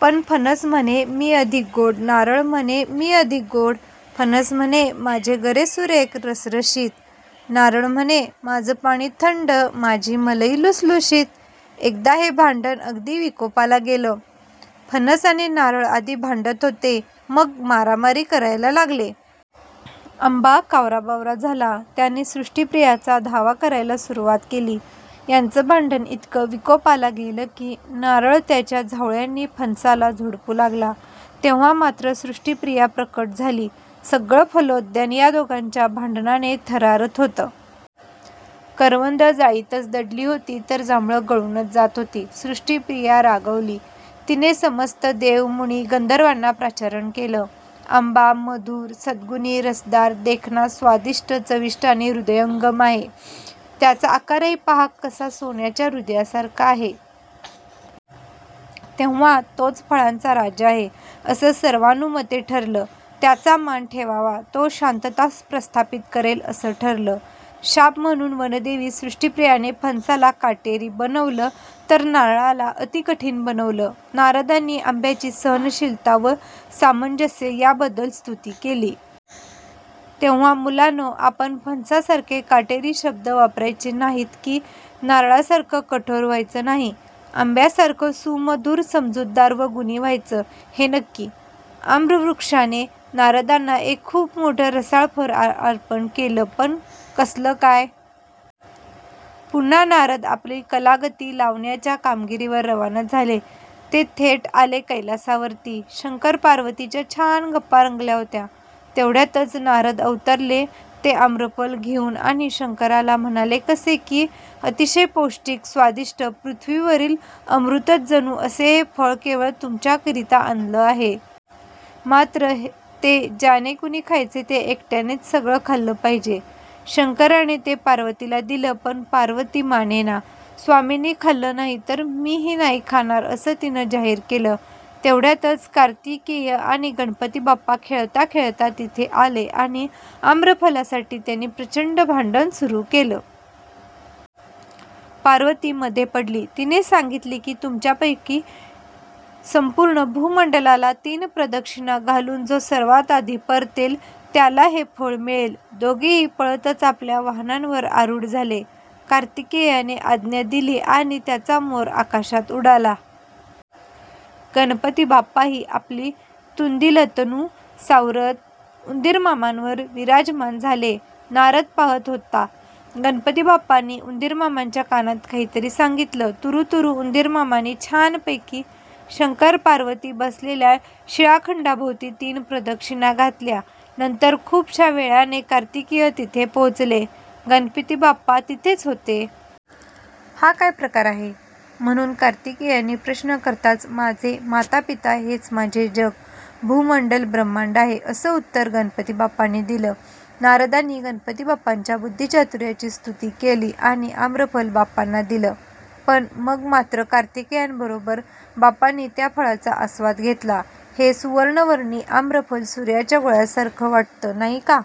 पण फणस म्हणे, मी अधिक गोड! नारळ म्हणे, मी अधिक गोड! फणस म्हणे, माझे गरे सुरेख रसरशीत! नारळ म्हणे, माझं पाणी थंड, माझी मलई लुसलुशीत... एकदा हे भांडण अगदी विकोपाला गेलं. फणस आणि नारळ आधी भांडत होते, मग मारामारी करायला लागले. आंबा कावराबावरा झाला. त्याने सृष्टीप्रियाचा धावा करायला सुरुवात केली. यांचं भांडण इतकं विकोपाला गेलं की, नारळ त्याच्या झावळ्यांनी फणसाला झोडपू लागला. तेव्हा मात्र सृष्टीप्रिया प्रकट झाली. सगळं फलोद्यान या दोघांच्या भांडणाने थरारत होतं. करवंदं जाळीतच दडली होती, तर जांभळं गळूनच जात होती. सृष्टीप्रिया रागावली. तिने समस्त देव, मुनी, गंधर्वांना पाचारण केलं. 'आंबा मधुर, सद्गुणी, रसदार, देखणा, स्वादिष्ट, चविष्ट आणि हृदयंगम आहे. त्याचा आकारही पहा कसा सोन्याच्या हृदयासारखा आहे! तेव्हा तोच फळांचा राजा आहे,' असं सर्वानुमते ठरलं. 'त्याचा मान ठेवावा, तो शांतता प्रस्थापित करेल,' असं ठरलं. शाप म्हणून वनदेवी सृष्टीप्रियाने फणसाला काटेरी बनवलं, तर नारळाला अतिकठीण बनवलं. नारदांनी आंब्याची सहनशीलता व सामंजस्य याबद्दल स्तुती केली. तेव्हा मुलांनो, आपण फणसासारखे काटेरी शब्द वापरायचे नाहीत की नारळासारखं कठोर व्हायचं नाही. आंब्यासारखं सुमधुर, समजूतदार व गुणी व्हायचं, हे नक्की! आम्रवृक्षाने नारदांना एक खूपच मोठं रसाळ फळ अर्पण केलं. पण कसलं काय? पुन्हा नारद आपल्या कलागती लावण्याच्या कामगिरीवर रवाना झाले. ते थेट आले कैलासावरती. शंकर-पार्वतीच्या छान गप्पा रंगल्या होत्या. तेवढ्यातच नारद अवतरले ते आम्रफल घेऊन आणि शंकराला म्हणाले कसे की, 'अतिशय पौष्टिक, स्वादिष्ट, पृथ्वीवरील अमृतच जणू असं हे फळ केवळ तुमच्याकरिता आणलं आहे. मात्र ते ज्याने कुणी खायचं, ते एकट्यानेच सगळं खाल्लं पाहिजे.' शंकराने ते पार्वतीला दिलं. पण पार्वती मानेना. 'स्वामींनी खाल्लं नाही, तर मीही नाही खाणार,' असं तिने जाहीर केलं. तेवढ्यातच कार्तिकेय आणि गणपतीबाप्पा खेळता-खेळता तिथे आले आणि आम्रफलासाठी त्यांनी प्रचंड भांडण सुरू केलं. पार्वती मध्ये पडली. तिने सांगितलं की, 'तुमच्यापैकी संपूर्ण भूमंडलाला तीन प्रदक्षिणा घालून जो सर्वात आधी परतेल, त्याला हे फळ मिळेल.' दोघेही पळतच आपल्या वाहनांवर आरूढ झाले. कार्तिकेयाने आज्ञा दिली आणि त्याचा मोर आकाशात उडाला. गणपतीबाप्पाही आपली तुंदीलतनू सावरत उंदीरमामांवर विराजमान झाले. नारद पाहत होते. गणपतीबाप्पांनी उंदीरमामांच्या कानात काहीतरी सांगितलं. तुरुतुरु उंदीरमामांनी छानपैकी शंकर-पार्वती बसलेल्या शिळाखंडाभोवती तीन प्रदक्षिणा घातल्या. नंतर खूपशा वेळाने कार्तिकेय तिथे पोहोचले. गणपतीबाप्पा तिथेच होते. 'हा काय प्रकार आहे?' म्हणून कार्तिकेयांनी प्रश्न करताच, 'माझे माता-पिता हेच माझे जग, भूमण्डल, ब्रह्मांड आहे,' असं उत्तर गणपतीबाप्पांनी दिलं. नारदांनी गणपतीबाप्पांच्या बुद्धीचातुर्याची स्तुती केली आणि आम्रफळ बाप्पांना दिलं. पण मग मात्र कार्तिकेयांबरोबर बाप्पांनी त्या फळाचा आस्वाद घेतला. हे सुवर्णवर्णी आम्रफल सूर्याच्या गोळ्यासारखं वाटतं, नाही का?